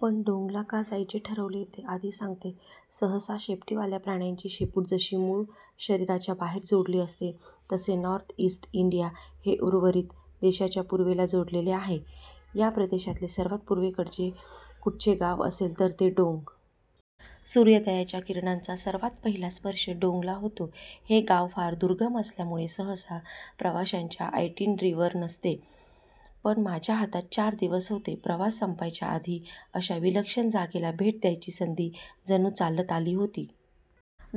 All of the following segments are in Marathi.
पण डोंगला का जायचे ठरवले ते आधी सांगते. सहसा शेपटीवाल्या प्राण्यांची शेपूट जशी मूळ शरीराच्या बाहेर जोडली असते तसे नॉर्थ इस्ट इंडिया हे उर्वरित देशाच्या पूर्वेला जोडलेले आहे. या प्रदेशातले सर्वात पूर्वेकडचे कुठचे गाव असेल तर ते डोंग! सूर्योदयाच्या किरणांचा सर्वात पहिला स्पर्श डोंगला होतो. हे गाव फार दुर्गम असल्यामुळे सहसा प्रवाशांच्या आयटिनरीवर नसते. पण माझ्या हातात चार दिवस होते. प्रवास संपायच्या आधी अशा विलक्षण जागेला भेट द्यायची संधी जणू चालत आली होती.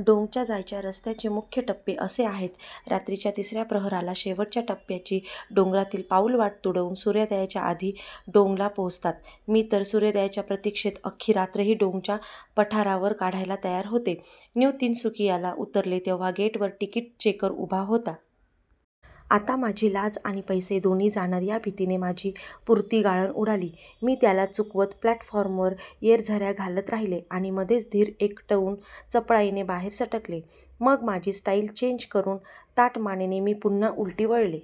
डोंगच्या जायच्या रस्त्यावरचे मुख्य टप्पे असे आहेत. रात्रीच्या तिसऱ्या प्रहराला शेवटच्या टप्प्यावरची डोंगरातील पाऊलवाट तुडवून सूर्योदयाच्या आधी डोंगला पोहोचतात. मी तर सूर्योदयाच्या प्रतीक्षेत अख्खी रात्रही डोंगच्या पठारावर काढायला तयार होते. न्यू तिनसुकियाला उतरले तेव्हा गेटवर तिकीट चेकर उभा होता. आता माझी लाज आणि पैसे दोन्ही जाणार या भीतीने माझी पुरती गाळण उडाली. मी त्याला चुकवत प्लॅटफॉर्मवर येऱ्याझाऱ्या घालत राहिले आणि मधेच धीर एकवटून चपळाईने बाहेर सटकले. मग माझी स्टाईल चेंज करून ताठ मानेने मी पुन्हा उलटी वळले.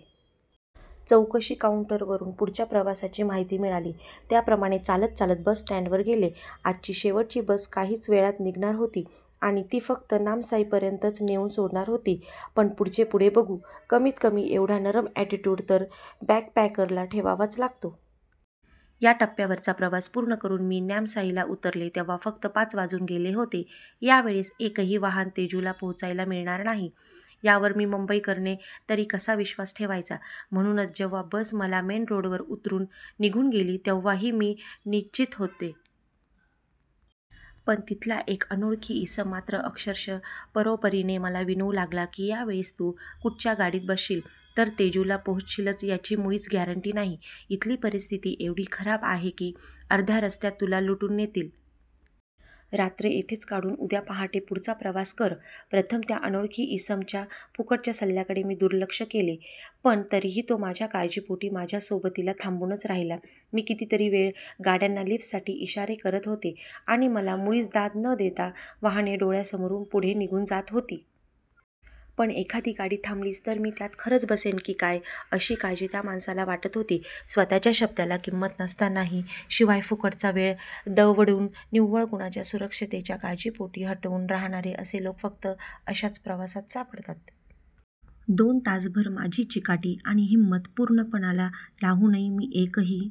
चौकशी काउंटरवरून पुढच्या प्रवासाची माहिती मिळाली त्याप्रमाणे चालत चालत बस स्टँडवर गेले. आजची शेवटची बस काहीच वेळात निघणार होती, आणि ती फक्त नाम्साईपर्यंतच नेऊन सोडणार होती. पण पुढचे पुढे बघू! कमीत कमी एवढा नरम अ‍ॅटिट्यूड तर बॅकपॅकरला ठेवावाच लागतो. ह्या टप्प्यावरचा प्रवास पूर्ण करून मी नाम्साईला उतरले तेव्हा फक्त पाच वाजून गेले होते. या वेळेस एकही वाहन तेजूला पोहोचायला मिळणार नाही यावर मी मुंबईकरने तरी कसा विश्वास ठेवायचा? म्हणूनच जेव्हा बस मला मेन रोडवर उतरवून निघून गेली तेव्हाही मी निश्चिंत होते. पण तिथला एक अनोळखी इसम मात्र अक्षरशः परोपरीने मला विनवू लागला की, या वेळेस तू कुठच्या गाडीत बसशील तर तेजूला पोहोचशीलच याची मुळीच गॅरंटी नाही. इथली परिस्थिती एवढी खराब आहे की अर्ध्या रस्त्यात तुला लुटून नेतील. रात्र इथेच काढून उद्या पहाटे पुढचा प्रवास कर. प्रथम त्या अनोळखी इसमाच्या फुकटच्या सल्ल्याकडे मी दुर्लक्ष केले. पण तरीही तो माझ्या काळजीपोटी माझ्या सोबतीला थांबूनच राहिला. मी कितीतरी वेळ गाड्यांना लिफ्टसाठी इशारे करत होते आणि मला मुळीच दाद न देता वाहने डोळ्यासमोरून पुढे निघून जात होती. पण एखादी गाडी थांबलीच तर मी त्यात खरंच बसेन की काय अशी काळजी त्या माणसाला वाटत होती. स्वतःच्या शब्दाला किंमत नसतानाही शिवाय फुकटचा वेळ दवडून, निव्वळ कुणाच्या सुरक्षिततेच्या काळजीपोटी हटून राहणारे असे लोक फक्त अशाच प्रवासात सापडतात. दोन तासभर माझी चिकाटी आणि हिंमत पूर्णपणाला लावूनही मी एकही